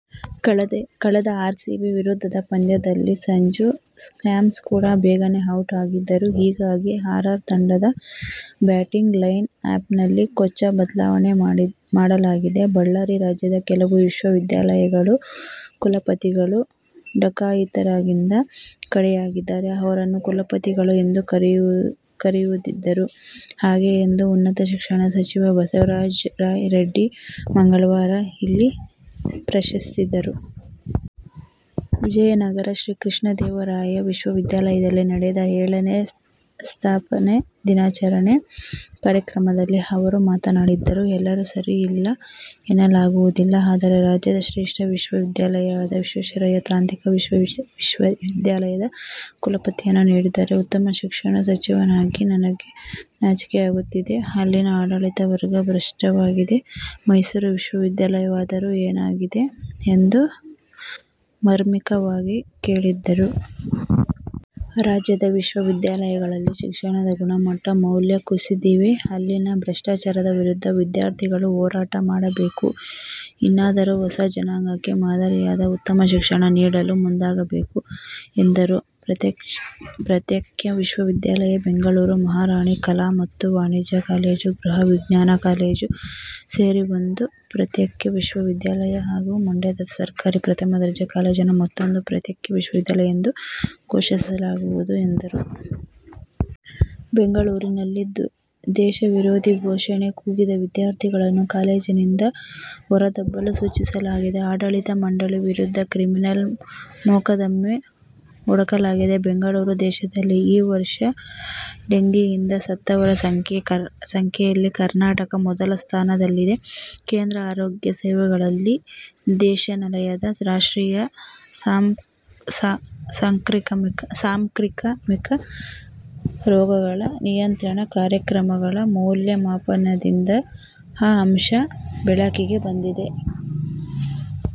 ಕಳೆದ ಆರ್ಸಿಬಿ ವಿರುದ್ಧದ ಪಂದ್ಯದಲ್ಲಿ ಸಂಜು ಸ್ಯಾಮ್ಸನ್ ಕೂಡ ಬೇಗನೆ ಔಟ್ ಆಗಿದ್ದರು. ಹೀಗಾಗಿ ಆರ್ಆರ್ ತಂಡದ ಬ್ಯಾಟಿಂಗ್ ಲೈನ್ಅಪ್ನಲ್ಲಿ ಕೊಂಚ ಬದಲಾವಣೆ ಮಾಡಲಾಗಿದೆ. ಬಳ್ಳಾರಿ: 'ರಾಜ್ಯದ ಕೆಲವು ವಿಶ್ವವಿದ್ಯಾಲಯಗಳ ಕುಲಪತಿಗಳು ಡಕಾಯಿತರಿಗಿಂತ ಕಡೆಯಾಗಿದ್ದಾರೆ. ಅವರನ್ನು ಕುಲಪತಿಗಳು ಎಂದು ಕರೆಯುವುದಾದರೂ ಹೇಗೆ' ಎಂದು ಉನ್ನತ ಶಿಕ್ಷಣ ಸಚಿವ ಬಸವರಾಜ ರಾಯರೆಡ್ಡಿ ಮಂಗಳವಾರ ಇಲ್ಲಿ ಪ್ರಶ್ನಿಸಿದರು. ವಿಜಯನಗರ ಶ್ರೀಕೃಷ್ಣದೇವರಾಯ ವಿಶ್ವವಿದ್ಯಾಲಯದಲ್ಲಿ ನಡೆದ ಏಳನೇ ಸಂಸ್ಥಾಪನಾ ದಿನಾಚರಣೆ ಕಾರ್ಯಕ್ರಮದಲ್ಲಿ ಅವರು ಮಾತನಾಡಿದರು. 'ಎಲ್ಲರೂ ಸರಿ ಇಲ್ಲ ಎನ್ನಲಾಗುವುದಿಲ್ಲ. ಆದರೆ ರಾಜ್ಯದ ಶ್ರೇಷ್ಠ ವಿಶ್ವವಿದ್ಯಾಲಯವಾದ ವಿಶ್ವೇಶ್ವರಯ್ಯ ತಾಂತ್ರಿಕ ವಿಶ್ವವಿದ್ಯಾಲಯದ ಕುಲಪತಿಯನ್ನು ನೋಡಿದರೆ ಉನ್ನತ ಶಿಕ್ಷಣ ಸಚಿವನಾಗಿ ನನಗೆ ನಾಚಿಕೆಯಾಗುತ್ತದೆ. ಅಲ್ಲಿನ ಆಡಳಿತ ವರ್ಗ ಭ್ರಷ್ಟವಾಗಿದೆ. ಮೈಸೂರು ವಿಶ್ವವಿದ್ಯಾಲಯವಾದರೂ ಏನಾಗಿದೆ' ಎಂದು ಮಾರ್ಮಿಕವಾಗಿ ಕೇಳಿದರು. 'ರಾಜ್ಯದ ವಿಶ್ವವಿದ್ಯಾಲಯಗಳಲ್ಲಿ ಶಿಕ್ಷಣದ ಗುಣಮಟ್ಟ, ಮೌಲ್ಯ ಕುಸಿದಿವೆ. ಅಲ್ಲಿನ ಭ್ರಷ್ಟಾಚಾರದ ವಿರುದ್ಧ ವಿದ್ಯಾರ್ಥಿಗಳು ಹೋರಾಟ ಮಾಡಬೇಕು. ಇನ್ನಾದರೂ ಹೊಸ ಜನಾಂಗಕ್ಕೆ ಮಾದರಿಯಾದ, ಉತ್ತಮ ಶಿಕ್ಷಣ ನೀಡಲು ಮುಂದಾಗಬೇಕು' ಎಂದರು. ಪ್ರತ್ಯೇಕ ವಿಶ್ವವಿದ್ಯಾಲಯ: ಬೆಂಗಳೂರಿನ ಮಹಾರಾಣಿ ಕಲಾ ಮತ್ತು ವಾಣಿಜ್ಯ ಕಾಲೇಜು, ಗೃಹ ವಿಜ್ಞಾನ ಕಾಲೇಜು ಸೇರಿ ಒಂದು ಪ್ರತ್ಯೇಕ ವಿಶ್ವವಿದ್ಯಾಲಯ ಹಾಗೂ ಮಂಡ್ಯದ ಸರ್ಕಾರಿ ಪ್ರಥಮ ದರ್ಜೆ ಕಾಲೇಜನ್ನು ಮತ್ತೊಂದು ಪ್ರತ್ಯೇಕ ವಿಶ್ವವಿದ್ಯಾಲಯ ಎಂದು ಘೋಷಿಸಲಾಗುವುದು ಎಂದರು. ಬೆಂಗಳೂರಿನಲ್ಲಿ ದೇಶವಿರೋಧಿ ಘೋಷಣೆ ಕೂಗಿದ ವಿದ್ಯಾರ್ಥಿಗಳನ್ನು ಕಾಲೇಜಿನಿಂದ ಹೊರದಬ್ಬಲು ಸೂಚಿಸಲಾಗಿದೆ. ಆಡಳಿತ ಮಂಡಳಿ ವಿರುದ್ಧ ಕ್ರಿಮಿನಲ್ ಮೊಕದ್ದಮೆ ಹೂಡಲಾಗಿದೆ ಬೆಂಗಳೂರು: ದೇಶದಲ್ಲಿ ಈ ವರ್ಷ ಡೆಂಗಿಯಿಂದ ಸತ್ತವರ ಸಂಖ್ಯೆಯಲ್ಲಿ ಕರ್ನಾಟಕ ಮೊದಲ ಸ್ಥಾನದಲ್ಲಿದೆ. ಕೇಂದ್ರ ಆರೋಗ್ಯ ಸೇವೆಗಳ ನಿರ್ದೇಶನಾಲಯದ ರಾಷ್ಟ್ರೀಯ ಸಾಂಕ್ರಾಮಿಕ ರೋಗಗಳ ನಿಯಂತ್ರಣ ಕಾರ್ಯಕ್ರಮಗಳ ಮೌಲ್ಯಮಾಪನದಿಂದ ಈ ಅಂಶ ಬೆಳಕಿಗೆ ಬಂದಿದೆ.